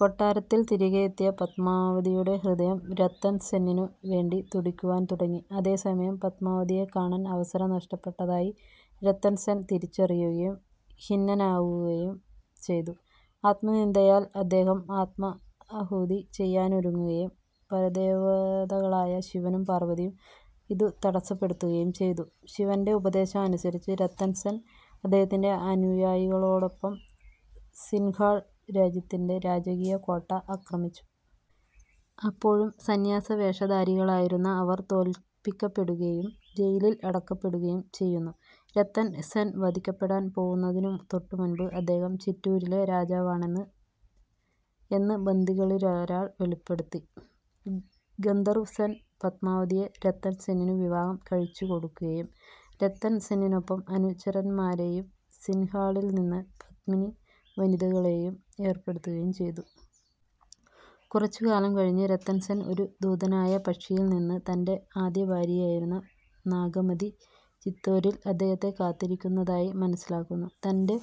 കൊട്ടാരത്തിൽ തിരികെയെത്തിയ പത്മാവതിയുടെ ഹൃദയം രത്തൻ സെന്നിനു വേണ്ടി തുടിക്കുവാൻ തുടങ്ങി. അതേസമയം, പത്മാവതിയെ കാണാൻ അവസരം നഷ്ടപ്പെട്ടതായി രത്തൻ സെൻ തിരിച്ചറിയുകയും ഖിന്നനാകുകയും ചെയ്തു. ആത്മനിന്ദയാൽ അദ്ദേഹം ആത്മാഹൂതി ചെയ്യാനൊരുങ്ങുകയും പരദേവതകളായ ശിവനും പാർവ്വതിയും ഇതു തടസ്സപ്പെടുത്തുകയും ചെയ്തു. ശിവൻറ ഉപദേശം അനുസരിച്ച്, രത്തൻ സെൻ അദ്ദേഹത്തിന്റെ അനുയായികളോടൊപ്പം സിൻഘാൾ രാജ്യത്തിൻറെ രാജകീയ കോട്ട ആക്രമിച്ചു. അപ്പോഴും സന്യാസ വേഷധാരികളായിരുന്ന അവർ തോൽപ്പിക്കപ്പെടുകയും ജയിലിൽ അടക്കപ്പെടുകയും ചെയ്യുന്നു. രത്തൻ സെൻ വധിക്കപ്പെടാൻ പോകുന്നതിനു തൊട്ടുമുമ്പ്, അദ്ദേഹം ചിറ്റൂരിലെ രാജാവാണെന്ന് എന്ന് ബന്ദികളിലൊരാൾ വെളിപ്പെടുത്തി. ഗന്ധർവ് സെൻ പത്മാവതിയെ രത്തൻ സെന്നിനു വിവാഹം കഴിച്ചുകൊടുക്കുകയും രത്തൻ സെന്നിനൊപ്പം അനുചരന്മാരെയും സിൻഘാളിൽനിന്ന് പത്മിനിവനിതകളേയും ഏർപ്പെടുത്തുകയും ചെയ്തു. കുറച്ചു കാലം കഴിഞ്ഞ് രത്തൻ സെൻ ഒരു ദൂതനായ പക്ഷിയിൽ നിന്ന് തൻറെ ആദ്യ ഭാര്യയായിരുന്ന നാഗമതി ചിത്തോരിൽ അദ്ദേഹത്തെ കാത്തിരിക്കുന്നതായി മനസ്സിലാക്കുന്നു. തൻറെ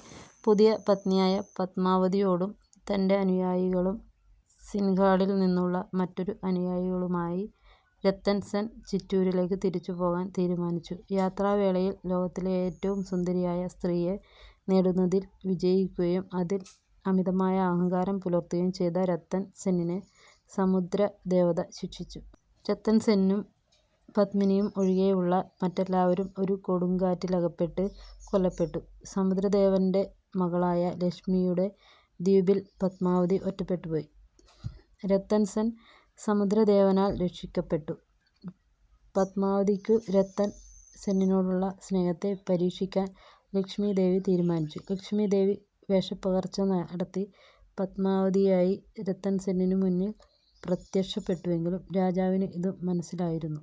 പുതിയ പത്നിയായ പത്മാവതിയോടും തൻറെ അനുയായികളുംസിൻഘാളിൽനിന്നുള്ള മറ്റൊരു അനുയായികളുമായി രത്തൻ സെൻ ചിറ്റൂരിലേക്ക് തിരിച്ചുപോകാൻ തീരുമാനിച്ചു. യാത്രാവേളയിൽ, ലോകത്തിലെ ഏറ്റവും സുന്ദരിയായ സ്ത്രീയെ നേടുന്നതിൽ വിജയിക്കുകയും അതിൽ അമിതമായ അഹങ്കാരം പുലർത്തുകയും ചെയ്ത രത്തൻ സെന്നിനെ സമുദ്രദേവത ശിക്ഷിച്ചു. രത്തൻ സെന്നും പത്മിനിയും ഒഴികെയുള്ള മറ്റെല്ലാവരും ഒരു കൊടുങ്കാറ്റിലകപ്പെട്ട് കൊല്ലപ്പെട്ടു. സമുദ്രദേവൻറെ മകളായ ലക്ഷ്മിയുടെ ദ്വീപിൽ പത്മാവതി ഒറ്റപ്പെട്ടുപോയി. രത്തൻ സെൻ, സമുദ്രദേവനാൽ രക്ഷിക്കപ്പെട്ടു. പത്മാവതയ്ക്കു രത്തൻ സെന്നിനോടുള്ള സ്നേഹത്തെ പരീക്ഷിക്കാൻ ലക്ഷ്മി ദേവി തീരുമാനിച്ചു. ലക്ഷ്മി ദേവി വേഷപ്പകർച്ചനടത്തി പത്മാവതിയായി രത്തൻ സെന്നിനു മുന്നിൽ പ്രത്യക്ഷപ്പെട്ടുവെങ്കിലും രാജാവിന് ഇതു മനസ്സിലായിരുന്നു.